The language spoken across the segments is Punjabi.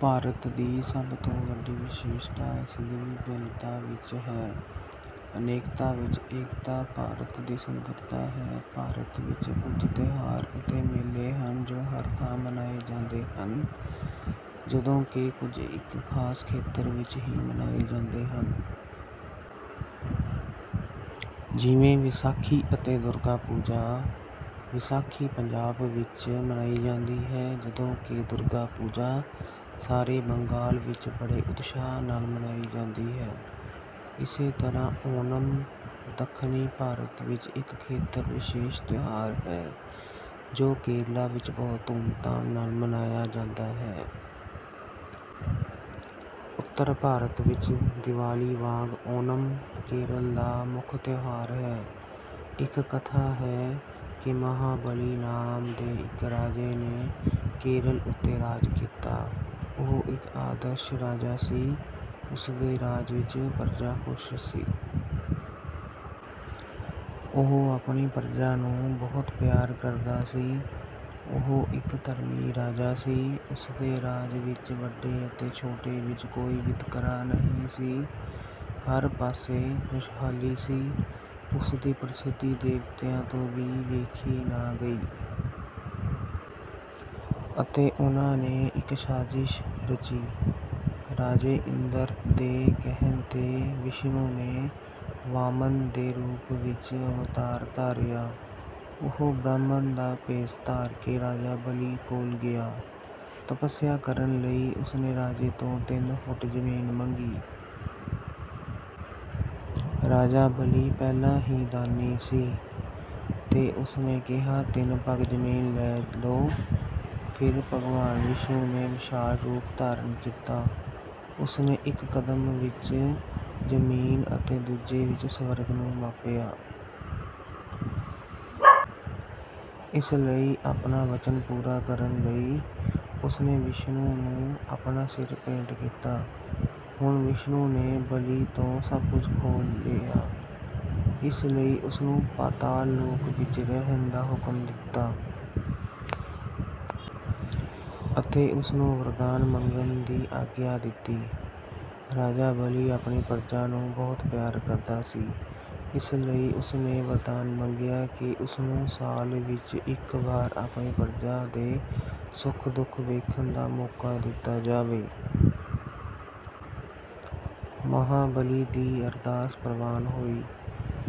ਭਾਰਤ ਦੀ ਸਭ ਤੋਂ ਵੱਡੀ ਵਿਸ਼ੇਸ਼ਤਾ ਇਸਦੀ ਵਿਭਿੰਨਤਾ ਵਿੱਚ ਹੈ। ਅਨੇਕਤਾ ਵਿੱਚ ਏਕਤਾ ਭਾਰਤ ਦੀ ਸੁੰਦਰਤਾ ਹੈ। ਭਾਰਤ ਵਿੱਚ ਕੁਝ ਤਿਉਹਾਰ ਅਤੇ ਮੇਲੇ ਹਨ ਜੋ ਹਰ ਥਾਂ ਮਨਾਏ ਜਾਂਦੇ ਹਨ। ਜਦੋਂ ਕਿ ਕੁਝ ਇੱਕ ਖਾਸ ਖੇਤਰ ਵਿੱਚ ਹੀ ਮਨਾਏ ਜਾਂਦੇ ਹਨ। ਜਿਵੇਂ ਵਿਸਾਖੀ ਅਤੇ ਦੁਰਗਾ ਪੂਜਾ। ਵਿਸਾਖੀ ਪੰਜਾਬ ਵਿੱਚ ਮਨਾਈ ਜਾਂਦੀ ਹੈ ਜਦੋਂ ਕਿ ਦੁਰਗਾ ਪੂਜਾ ਸਾਰੇ ਬੰਗਾਲ ਵਿੱਚ ਬੜੇ ਉਤਸ਼ਾਹ ਨਾਲ ਮਨਾਈ ਜਾਂਦੀ ਹੈ। ਇਸੇ ਤਰ੍ਹਾਂ ਓਨਮ ਦੱਖਣੀ ਭਾਰਤ ਵਿੱਚ ਇੱਕ ਖੇਤਰ ਵਿਸ਼ੇਸ਼ ਤਿਉਹਾਰ ਹੈ ਜੋ ਕੇਰਲਾ ਵਿੱਚ ਬਹੁਤ ਧੂਮਧਾਮ ਨਾਲ ਮਨਾਇਆ ਜਾਂਦਾ ਹੈ। ਉੱਤਰ ਭਾਰਤ ਵਿੱਚ ਦੀਵਾਲੀ ਵਾਂਗ ਓਨਮ ਕੇਰਲ ਦਾ ਮੁੱਖ ਤਿਉਹਾਰ ਹੈ। ਇੱਕ ਕਥਾ ਹੈ ਕਿ ਮਹਾਬਲੀ ਨਾਮ ਦੇ ਇੱਕ ਰਾਜੇ ਨੇ ਕੇਰਲ ਉੱਤੇ ਰਾਜ ਕੀਤਾ ਉਹ ਇੱਕ ਆਦਰਸ਼ ਰਾਜਾ ਸੀ। ਉਸ ਦੇ ਰਾਜ ਵਿਚ ਪਰਜਾ ਖੁਸ਼ ਸੀ। ਉਹ ਆਪਣੀ ਪਰਜਾ ਨੂੰ ਬਹੁਤ ਪਿਆਰ ਕਰਦਾ ਸੀ। ਉਹ ਇੱਕ ਧਰਮੀ ਰਾਜਾ ਸੀ। ਉਸਦੇ ਰਾਜ ਵਿੱਚ ਵੱਡੇ ਅਤੇ ਛੋਟੇ ਵਿੱਚ ਕੋਈ ਵਿਤਕਰਾ ਨਹੀਂ ਸੀ। ਹਰ ਪਾਸੇ ਖੁਸ਼ਹਾਲੀ ਸੀ। ਉਸ ਦੀ ਪ੍ਰਸਿੱਧੀ ਦੇਵਤਿਆਂ ਤੋਂ ਵੀ ਵੇਖੀ ਨਾ ਗਈ। ਅਤੇ ਉਨ੍ਹਾਂ ਨੇ ਇੱਕ ਸਾਜ਼ਿਸ਼ ਰਚੀ। ਰਾਜੇ ਇੰਦਰ ਦੇ ਕਹਿਣ 'ਤੇ, ਵਿਸ਼ਨੂੰ ਨੇ ਵਾਮਨ ਦੇ ਰੂਪ ਵਿੱਚ ਅਵਤਾਰ ਧਾਰਿਆ। ਉਹ ਬ੍ਰਾਹਮਣ ਦਾ ਭੇਸ ਧਾਰ ਕੇ ਰਾਜਾ ਬਲੀ ਕੋਲ ਗਿਆ। ਤਪੱਸਿਆ ਕਰਨ ਲਈ ਉਸ ਨੇ ਰਾਜੇ ਤੋਂ ਤਿੰਨ ਫੁੱਟ ਜ਼ਮੀਨ ਮੰਗੀ। ਰਾਜਾ ਬਲੀ ਪਹਿਲਾਂ ਹੀ ਦਾਨੀ ਸੀ ਤੇ ਉਸਨੇ ਕਿਹਾ ਤਿਨ ਪੱਗ ਜ਼ਮੀਨ ਲੈ ਲਓ। ਫਿਰ ਭਗਵਾਨ ਵਿਸ਼ਨੂੰ ਨੇ ਵਿਸ਼ਾਲ ਰੂਪ ਧਾਰਨ ਕੀਤਾ। ਉਸਨੇ ਇੱਕ ਕਦਮ ਵਿੱਚ ਜ਼ਮੀਨ ਅਤੇ ਦੂਜੇ ਵਿੱਚ ਸਵਰਗ ਨੂੰ ਮਾਪਿਆ। ਇਸ ਲਈ ਆਪਣਾ ਵਚਨ ਪੂਰਾ ਕਰਨ ਲਈ ਉਸਨੇ ਵਿਸ਼ਨੂੰ ਨੂੰ ਆਪਣਾ ਸਿਰ ਭੇਟ ਕੀਤਾ। ਹੁਣ ਵਿਸ਼ਨੂੰ ਨੇ ਬਲੀ ਤੋਂ ਸਭ ਕੁਝ ਖੋਹ ਲਿਆ। ਇਸ ਲਈ ਉਸਨੂੰ ਪਾਤਾਲ ਲੋਕ ਵਿੱਚ ਰਹਿਣ ਦਾ ਹੁਕਮ ਦਿੱਤਾ। ਅਤੇ ਉਸਨੂੰ ਵਰਦਾਨ ਮੰਗਣ ਦੀ ਆਗਿਆ ਦਿੱਤੀ। ਰਾਜਾ ਬਲੀ ਆਪਣੀ ਪਰਜਾ ਨੂੰ ਬਹੁਤ ਪਿਆਰ ਕਰਦਾ ਸੀ। ਇਸ ਲਈ ਉਸ ਨੇ ਵਰਦਾਨ ਮੰਗਿਆ ਕਿ ਉਸ ਨੂੰ ਸਾਲ ਵਿੱਚ ਇੱਕ ਵਾਰ ਆਪਣੀ ਪਰਜਾ ਦੇ ਸੁੱਖ-ਦੁੱਖ ਵੇਖਣ ਦਾ ਮੌਕਾ ਦਿੱਤਾ ਜਾਵੇ। ਮਹਾਬਲੀ ਦੀ ਅਰਦਾਸ ਪ੍ਰਵਾਨ ਹੋਈ।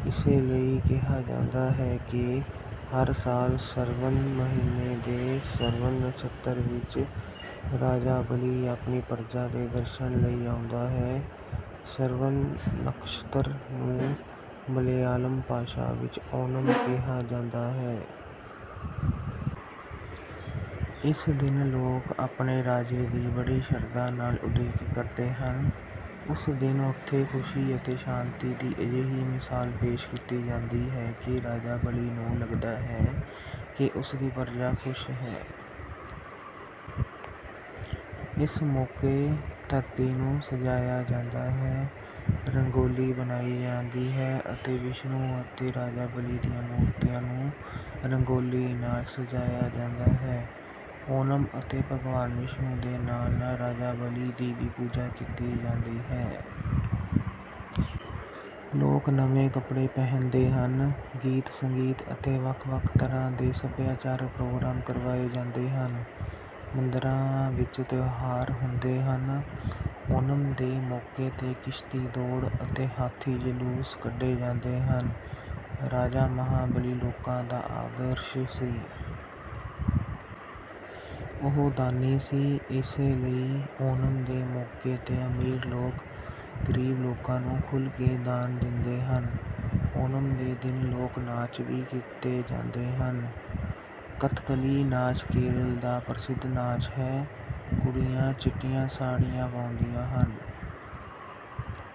ਇਸੇ ਲਈ ਕਿਹਾ ਜਾਂਦਾ ਹੈ ਕਿ ਹਰ ਸਾਲ ਸ਼ਰਵਣ ਮਹੀਨੇ ਦੇ ਸ਼੍ਰਵਣ ਨਛੱਤਰ ਵਿੱਚ ਰਾਜਾ ਬਲੀ ਆਪਣੀ ਪਰਜਾ ਦੇ ਦਰਸ਼ਨਾਂ ਲਈ ਆਉਂਦਾ ਹੈ। ਸ਼ਰਵਣ ਨਕਸ਼ਤਰ ਨੂੰ ਮਲਿਆਲਮ ਭਾਸ਼ਾ ਵਿੱਚ 'ਓਨਮ' ਕਿਹਾ ਜਾਂਦਾ ਹੈ। ਇਸ ਦਿਨ ਲੋਕ ਆਪਣੇ ਰਾਜੇ ਦੀ ਬੜੀ ਸ਼ਰਧਾ ਨਾਲ ਉਡੀਕ ਕਰਦੇ ਹਨ। ਉਸ ਦਿਨ ਉੱਥੇ ਖੁਸ਼ੀ ਅਤੇ ਸ਼ਾਂਤੀ ਦੀ ਅਜਿਹੀ ਮਿਸਾਲ ਪੇਸ਼ ਕੀਤੀ ਜਾਂਦੀ ਹੈ ਕਿ ਰਾਜਾ ਬਲੀ ਨੂੰ ਲੱਗਦਾ ਹੈ ਕਿ ਉਸ ਦੀ ਪਰਜਾ ਖੁਸ਼ ਹੈ। ਇਸ ਮੌਕੇ ਧਰਤੀ ਨੂੰ ਸਜਾਇਆ ਜਾਂਦਾ ਹੈ, ਰੰਗੋਲੀ ਬਣਾਈ ਜਾਂਦੀ ਹੈ ਅਤੇ ਵਿਸ਼ਨੂੰ ਅਤੇ ਰਾਜਾ ਬਲੀ ਦੀਆਂ ਮੂਰਤੀਆਂ ਨੂੰ ਰੰਗੋਲੀ ਨਾਲ ਸਜਾਇਆ ਜਾਂਦਾ ਹੈ। ਓਨਮ 'ਤੇ ਭਗਵਾਨ ਵਿਸ਼ਨੂੰ ਦੇ ਨਾਲ-ਨਾਲ ਰਾਜਾ ਬਲੀ ਦੀ ਵੀ ਪੂਜਾ ਕੀਤੀ ਜਾਂਦੀ ਹੈ। ਲੋਕ ਨਵੇਂ ਕੱਪੜੇ ਪਹਿਨਦੇ ਹਨ। ਗੀਤ-ਸੰਗੀਤ ਅਤੇ ਵੱਖ-ਵੱਖ ਤਰ੍ਹਾਂ ਦੇ ਸੱਭਿਆਚਾਰਕ ਪ੍ਰੋਗਰਾਮ ਕਰਵਾਏ ਜਾਂਦੇ ਹਨ। ਮੰਦਰਾਂ ਵਿੱਚ ਤਿਉਹਾਰ ਹੁੰਦੇ ਹਨ। ਓਨਮ ਦੇ ਮੌਕੇ 'ਤੇ ਕਿਸ਼ਤੀ ਦੌੜ ਅਤੇ ਹਾਥੀ ਜਲੂਸ ਕੱਢੇ ਜਾਂਦੇ ਹਨ। ਰਾਜਾ ਮਹਾਬਲੀ ਲੋਕਾਂ ਦਾ ਆਦਰਸ਼ ਸੀ। ਉਹ ਦਾਨੀ ਸੀ। ਇਸੇ ਲਈ ਓਨਮ ਦੇ ਮੌਕੇ 'ਤੇ ਅਮੀਰ ਲੋਕ ਗਰੀਬ ਲੋਕਾਂ ਨੂੰ ਖੁੱਲ੍ਹ ਕੇ ਦਾਨ ਦਿੰਦੇ ਹਨ। ਓਨਮ ਦੇ ਦਿਨ ਲੋਕ ਨਾਚ ਵੀ ਕੀਤੇ ਜਾਂਦੇ ਹਨ। ਕਥਕਲੀ ਨਾਚ ਕੇਰਲ ਦਾ ਪ੍ਰਸਿੱਧ ਨਾਚ ਹੈ। ਕੁੜੀਆਂ ਚਿੱਟੀਆਂ ਸਾੜੀਆਂ ਪਾਉਂਦੀਆਂ ਹਨ।